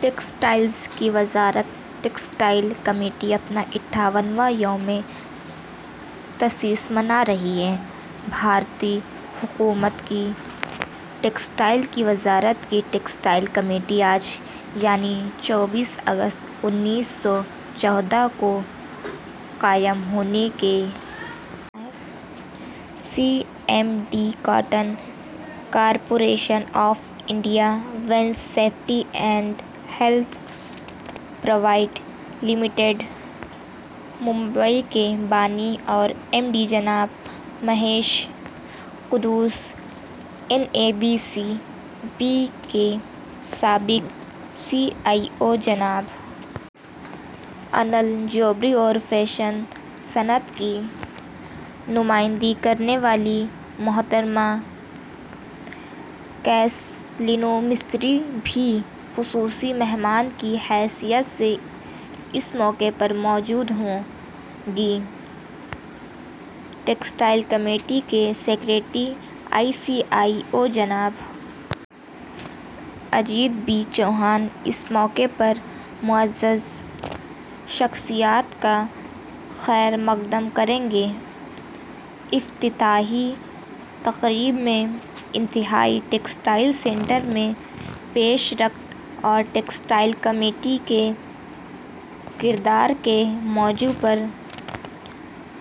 textiles کی وزارت textile committee اپنا اتھاون واں یوم تاسیس منا رہی ہے بھارتی حکومت کی ٹیکسٹائل کی وزارت کی ٹیکسٹائل کمیٹی آج یعنی چوبیس اگست انیس سو چوٹھ کو قائم ہونے کے C M D cotton corporation of India Venice safety and health private limited Mumbai کے بانی اور ایم ڈی جناب Mahesh Kodu N A B C B کے سابق سی ای او جناب انل جوہری اور فیشن صنعت کی نمائندگی کرنے والی محترمہ کیسٹلینو مستری بھی خصوصی مہمان کی حیثیت سے اس موقع پر موجود ہوں گی ٹیکسٹائل کمیٹی کے سکریٹری اور سی ای او جناب اجیت بی چوہان اس موقع پر معزز شخصیات کا خیر مقدم کریں گے افتتاحی تقریب میں انڈین ٹیکسٹائل سیکٹر میں پیش رفت اور ٹیکسٹائل کمیٹی کے کردار کے موضوع پر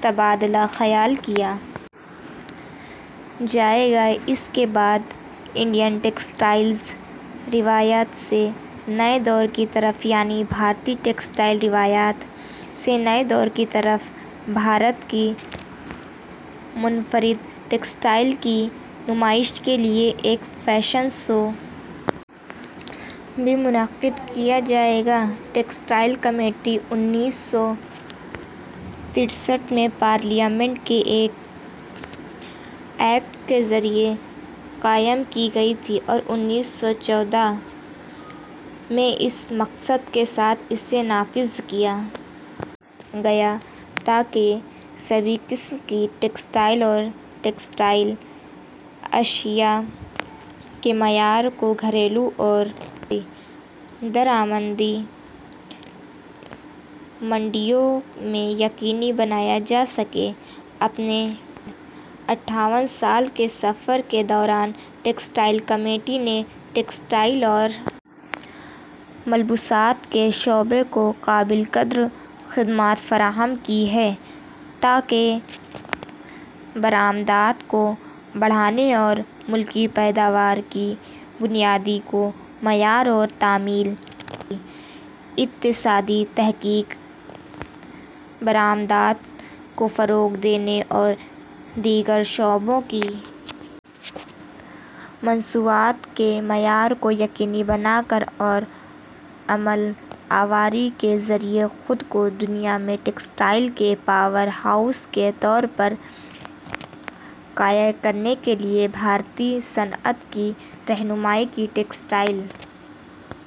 تبادلہ خیال کیا جائے گا اس کے بعد انڈین ٹیکسٹائلز روایت سے نئے دور کی طرف یعنی بھارتی ٹیکسٹائل روایات سے نئے دور کی طرف بھارت کی منفرد ٹیکسٹائل کی نمائش کے لیے ایک فیشن شو بھی منعقد کیا جائے گا ٹیکسٹائل کمیٹی انیس سو تریسٹھ میں پارلیمنٹ کے ایک ایکٹ کے ذریعہ قائم کی گئی تھی اور انیس سو چوٹھ میں اس مقصد کے ساتھ اسے نافذ کیا گیا تاکہ سبھی قسم کی ٹیکسٹائل اور ٹیکسٹائل اشیا کے معیار کو گھریلو اور درآمدی منڈیوں میں یقینی بنایا جا سکے اپنے اتھاون سال کے سفر کے دوران ٹیکسٹائل کمیٹی نے ٹیکسٹائل اور ملبوسات کے شعبے کو قابل قدر خدمات فراہم کی ہیں تاکہ برآمدات کو بڑھانے اور ملکی پیداوار کی بنیاد کو معیار اور تعمیل اقتصادی تحقیق برآمدات کو فروغ دینے اور دیگر شعبوں کی مصنوعات کے معیار کو یقینی بنا کر اور عمل آوری کے ذریعے خود کو دنیا میں ٹیکسٹائل کے پاور ہاؤس کے طور پر قائم کرنے کے لیے بھارتی صنعت کی رہنمائی کی ٹیکسٹائل